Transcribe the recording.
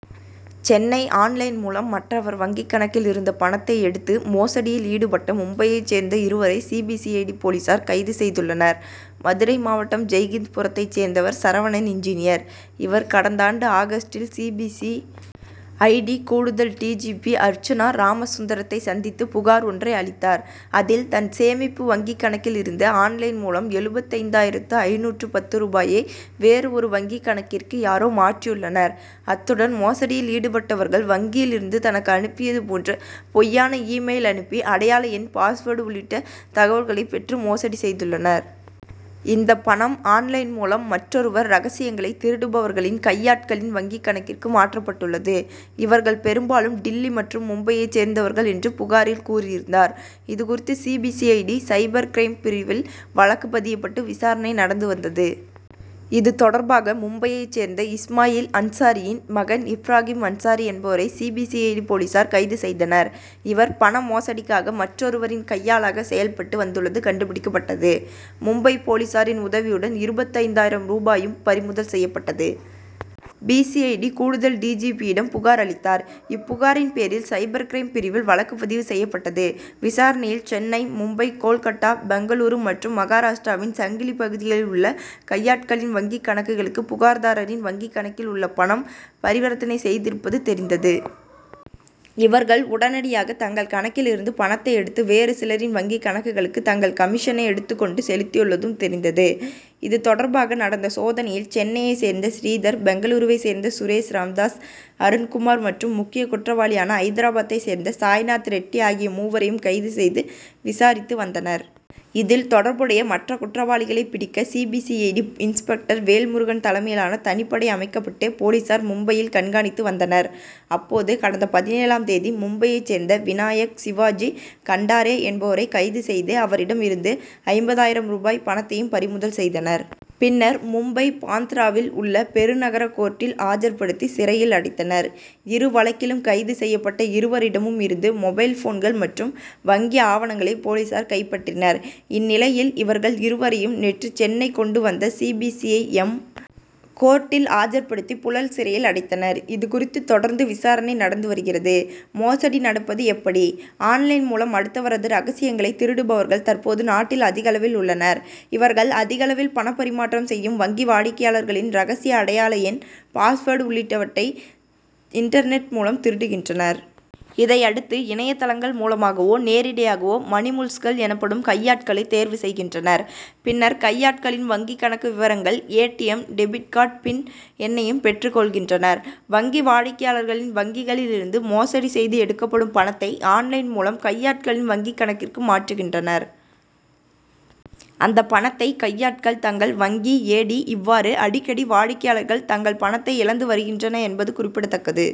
Chennai online மூலம் மற்றவர் வங்கிக் கணக்கில் இருந்த பணத்தை எடுத்து மோசடியில் ஈடுபட்ட மும்பையைச் சேர்ந்த இருவரை C. B. C. I. D. போலீசார் கைது செய்துள்ளனர். மதுரை மாவட்டம் ஜெய்ஹிந்த்புரத்தைச் சேர்ந்தவர் சரவணன் இன்ஜினியர். இவர் கடந்தாண்டு ஆகஸ்டில் C. B. C. I. D. கூடுதல் டி. ஜி. பி. அர்ச்சனா ராமசுந்தரத்தை சந்தித்து புகார் ஒன்றை அளித்தார். அதில் தன் சேமிப்பு வங்கிக் கணக்கில் இருந்து ஆன்-லைன் மூலம் எழுபத்தைந்தாயிரத்து ஐநூற்று பத்து ரூபாயை வேறு ஒரு வங்கிக் கணக்கிற்கு யாரோ மாற்றியுள்ளனர். அத்துடன் மோசடியில் ஈடுபட்டவர்கள் வங்கியில் இருந்து தனக்கு அனுப்பியது போன்று பொய்யான இ-மெயில் அனுப்பி அடையாள எண் பாஸ்வேர்டு உள்ளிட்ட தகவல்களை பெற்று மோசடி செய்துள்ளனர். இந்த பணம் ஆன்-லைன் மூலம் மற்றொருவர் ரகசியங்களை திருடுபவர்களின் கையாட்களின் வங்கிக் கணக்கிற்கு மாற்றப்பட்டுள்ளது. இவர்கள் பெரும்பாலும் டில்லி மற்றும் மும்பையைச் சேர்ந்தவர்கள் என்று புகாரில் கூறியிருந்தார். இதுகுறித்து C. B. C. I. D. Cyber crime பிரிவில் வழக்கு பதியப்பட்டு விசாரணை நடந்து வந்தது. இது தொடர்பாக மும்பையைச் சேர்ந்த இஸ்மாயில் அன்சாரியின் மகன் இப்ராகிம் அன்சாரி என்பவரை C. B. C. I. D. போலீசார் கைது செய்தனர். இவர் பண மோசடிக்காக மற்றொருவரின் கையாளாக செயல்பட்டு வந்துள்ளது கண்டுபிடிக்கப்பட்டது. மும்பை போலீசாரின் உதவியுடன் இருபத்தைந்தாயிரம் ரூபாயும் பறிமுதல் செய்யப்பட்டது. பி. சி. ஐ. டி. கூடுதல் டி. ஜி. பி.யிடம் புகார் அளித்தார். இப்புகாரின் பேரில் சைபர் கிரைம் பிரிவில் வழக்கு பதிவு செய்யப்பட்டது. விசாரணையில் சென்னை மும்பை கோல்கட்டா பெங்களூரு மற்றும் மகாராஷ்டிராவின் சங்கிலி பகுதிகளில் உள்ள கையாட்களின் வங்கிக் கணக்குகளுக்கு புகார்தாரரின் வங்கிக்கணக்கில் உள்ள பணம் பரிவர்த்தனை செய்திருப்பது தெரிந்தது. இவர்கள் உடனடியாக தங்கள் கணக்கில் இருந்து பணத்தை எடுத்து வேறு சிலரின் வங்கிக் கணக்குகளுக்கு தங்கள் கமிஷனை எடுத்துக் கொண்டு செலுத்தியுள்ளதும் தெரிந்தது. இது தொடர்பாக நடந்த சோதனையில் சென்னையைச் சேர்ந்த ஸ்ரீதர் பெங்களூருவைச் சேர்ந்த சுரேஷ் ராம்தாஸ் அருண்குமார் மற்றும் முக்கிய குற்றவாளியான ஐதராபாத்தைச் சேர்ந்த சாய்நாத் ரெட்டி ஆகிய மூவரையும் கைது செய்து விசாரித்து வந்தனர். இதில் தொடர்புடைய மற்ற குற்றவாளிகளை பிடிக்க C. B. C. I. D. Inspector Velmurugan தலைமையிலான தனிப்படை அமைக்கப்பட்டு போலீசார் மும்பையில் கண்காணித்து வந்தனர். அப்போது கடந்த பதினேழாம் தேதி மும்பையைச் சேர்ந்த விநாயக் சிவாஜி கண்டாரே என்பவரை கைது செய்து அவரிடம் இருந்து ஐம்பதாயிரம் ரூபாய் பணத்தையும் பறிமுதல் செய்தனர். பின்னர் மும்பை பாந்த்ராவில் உள்ள பெருநகர கோர்ட்டில் ஆஜர்படுத்தி சிறையில் அடைத்தனர். இருவழக்கிலும் கைது செய்யப்பட்ட இருவரிடமும் இருந்து மொபைல் போன்கள் மற்றும் வங்கி ஆவணங்களை போலீசார் கைப்பற்றினர். இந்நிலையில் இவர்கள் இருவரையும் நேற்று சென்னை கொண்டு வந்த C. B. C. I. M. கோர்ட்டில் ஆஜர்படுத்தி புழல் சிறையில் அடைத்தனர். இதுகுறித்து தொடர்ந்து விசாரணை நடந்து வருகிறது. மோசடி நடப்பது எப்படி? ஆன்-லைன் மூலம் அடுத்தவரது ரகசியங்களை திருடுபவர்கள் தற்போது நாட்டில் அதிகளவில் உள்ளனர். இவர்கள் அதிகளவில் பணப்பரிமாற்றம் செய்யும் வங்கி வாடிக்கையாளர்களின் ரகசிய அடையாள எண் பாஸ்வேர்டு உள்ளிட்டவற்றை இன்டர்நெட் மூலம் திருடுகின்றனர். இதையடுத்து இணையதளங்கள் மூலமாகவோ நேரிடையாகவோ மணிமுல்ஸ்கள் எனப்படும் கையாட்களை தேர்வு செய்கின்றனர். பின்னர் கையாட்களின் வங்கிக் கணக்கு விவரங்கள் A. T. M. Debit card "PIN' எண்ணையும் பெற்றுக் கொள்கின்றனர். வங்கி வாடிக்கையாளர்களின் வங்கிகளில் இருந்து மோசடி செய்து எடுக்கப்படும் பணத்தை ஆன்-லைன் மூலம் கையாட்களின் வங்கிக் கணக்கிற்கு மாற்றுகின்றனர். அந்த பணத்தை கையாட்கள் தங்கள் வங்கி ஏ. டி. இவ்வாறு அடிக்கடி வாடிக்கையாளர்கள் தங்கள் பணத்தை இழந்து வருகின்றனர் என்பது குறிப்பிடத்தக்கது.